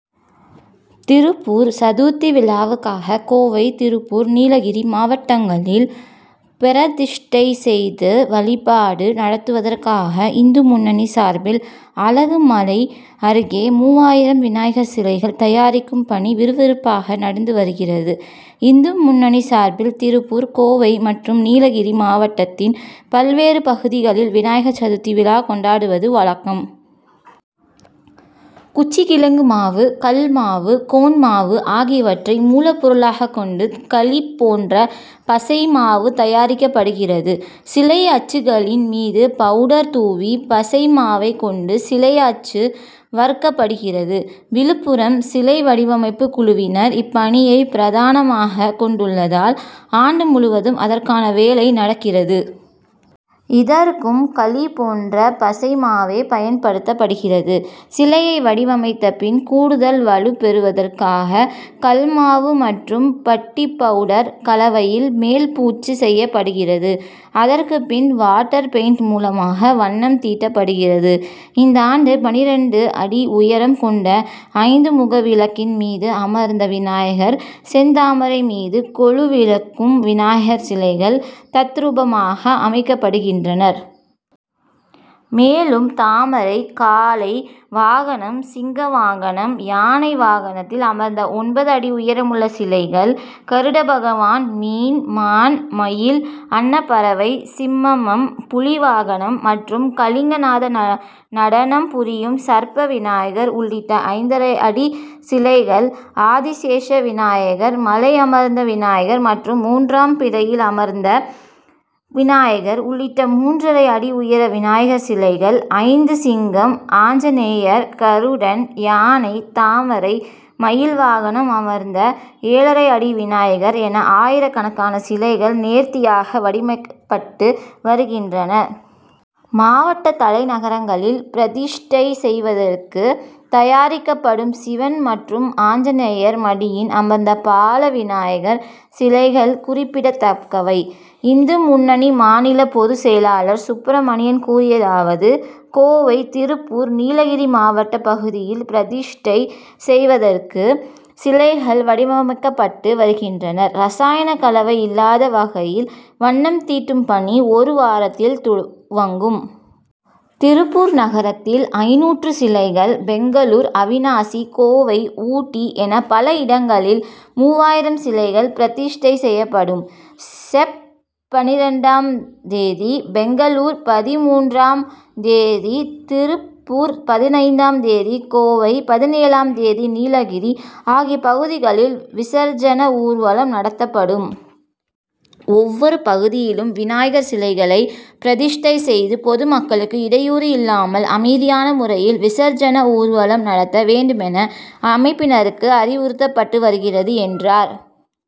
திருப்பூர் சதுர்த்தி விழாவுக்காக, கோவை, திருப்பூர், நீலகிரி மாவட்டங்களில் பிரதிஷ்டை செய்து வழிபாடு நடத்துவதற்காக, இந்து முன்னணி சார்பில் அலகுமலை அருகே மூவாயிரம் விநாயகர் சிலைகள் தயாரிக்கும் பணி விறுவிறுப்பாக நடந்து வருகிறது. இந்து முன்னணி சார்பில், திருப்பூர், கோவை மற்றும் நீலகிரி மாவட்டத்தின் பல்வேறு பகுதிகளில் விநாயகர் சதுர்த்தி விழா கொண்டாடுவது வழக்கம். குச்சிக்கிழங்கு மாவு, கல் மாவு, கோன் மாவு ஆகியவற்றை மூலப்பொருளாக கொண்டு, களி போன்ற பசை மாவு தயாரிக்கப்படுகிறது. சிலை அச்சுக்களின் மீது பவுடர் தூவி, பசை மாவைக் கொண்டு சிலை அச்சு வார்க்கப்படுகிறது. விழுப்புரம் சிலை வடிவமைப்பு குழுவினர், இப்பணியை பிரதானமாக கொண்டுள்ளதால், ஆண்டு முழுவதும் அதற்கான வேலை நடக்கிறது. இதற்கும், களி போன்ற பசைமாவே பயன்படுத்தப்படுகிறது. சிலையை வடிவமைத்த பின், கூடுதல் வலுப்பெறுவதற்காக கல் மாவு மற்றும் பட்டிப்பவுடர் கலவையில் மேல்பூச்சு செய்யப்படுகிறது. அதற்குப்பின், வாட்டர் பெயிண்ட் மூலமாக வண்ணம் தீட்டப்படுகிறது. இந்தாண்டு, பன்னிரண்டு அடி உயரம் கொண்ட ஐந்துமுக விளக்கின் மீது அமர்ந்த விநாயகர், செந்தாமரை மீது கொலுவிரக்கும் விநாயகர் சிலைகள் தத்ரூபமாக அமைக்கப்படுகின்றன. மேலும், தாமரை, காளை வாகனம், சிங்க வாகனம், யானை வாகனத்தில் அமர்ந்த ஒன்பது அடி உயரமுள்ள சிலைகள்; கருடபகவான், மீன், மான், மயில், அன்னப்பறவை, சிம்மம், புலி வாகனம் மற்றும் காளிங்கநாத நடனம் புரியும் சர்ப்ப விநாயகர் உள்ளிட்ட ஐந்தரை அடி சிலைகள். ஆதிசேஷ விநாயகர், மலை அமர்ந்த விநாயகர் மற்றும் மூன்றாம் பிறையில் அமர்ந்த விநாயகர் உள்ளிட்ட மூன்றரை அடி உயர விநாயகர் சிலைகள் ஐந்து சிங்கம், ஆஞ்சநேயர், கருடன், யானை, தாமரை, மயில் வாகனம் அமர்ந்த ஏழரை அடி விநாயகர் என, ஆயிரக்கணக்கான சிலைகள் நேர்த்தியாக வடிவமைக்கப்பட்டு வருகின்றன. மாவட்ட தலைநகரங்களில் பிரதிஷ்டை செய்வதற்காக தயாரிக்கப்படும் சிவன் மற்றும் ஆஞ்சநேயர் மடியில் அமர்ந்த பாலவிநாயகர் சிலைகள் குறிப் பிடத்தக்கவை. இந்து முன்னணி மாநில பொது செயலாளர் சுப்ரமணியம் கூறியதாவது கோவை, திருப்பூர், நீலகிரி மாவட்ட பகுதிகளில் பிரதிஷ்டை செய்வதற்காக சிலைகள் வடிவமைக்கப்பட்டு வருகின்றன. ரசாயன கலவை இல்லாத வகையில், வண்ணம் தீட்டும் பணி, ஒரு வாரத்தில் துவங்கும். திருப்பூர் நகரத்தில் ஐந்நூறு சிலைகள், பொங்கலூர், அவிநாசி, கோவை, ஊட்டி என பல இடங்களில் மூவாயிரம் சிலைகள் பிரதிஷ்டை செய்யப்படும். செப்., பன்னிரண்டாம் தேதி பொங்கலூர், பதின்மூன்றாம் தேதி திருப்பூர், பதினைந்தாம் தேதி கோவை, பதினேழாம் தேதி நீலகிரி ஆகிய பகுதிகளில் விசர்ஜன ஊர்வலம் நடத்தப்படும். ஒவ்வொரு பகுதியிலும், விநாயகர் சிலைகளை பிர திஷ்டை செய்து, பொதுமக்களுக்கு இடையூறு இல்லாமல், அமைதியான முறையில் விசர்ஜன ஊர்வலம் நடத்த வேண்டுமென, அமைப்பினருக்கு அறிவுறுத்தப்பட்டு வருகிறது, என்றார்.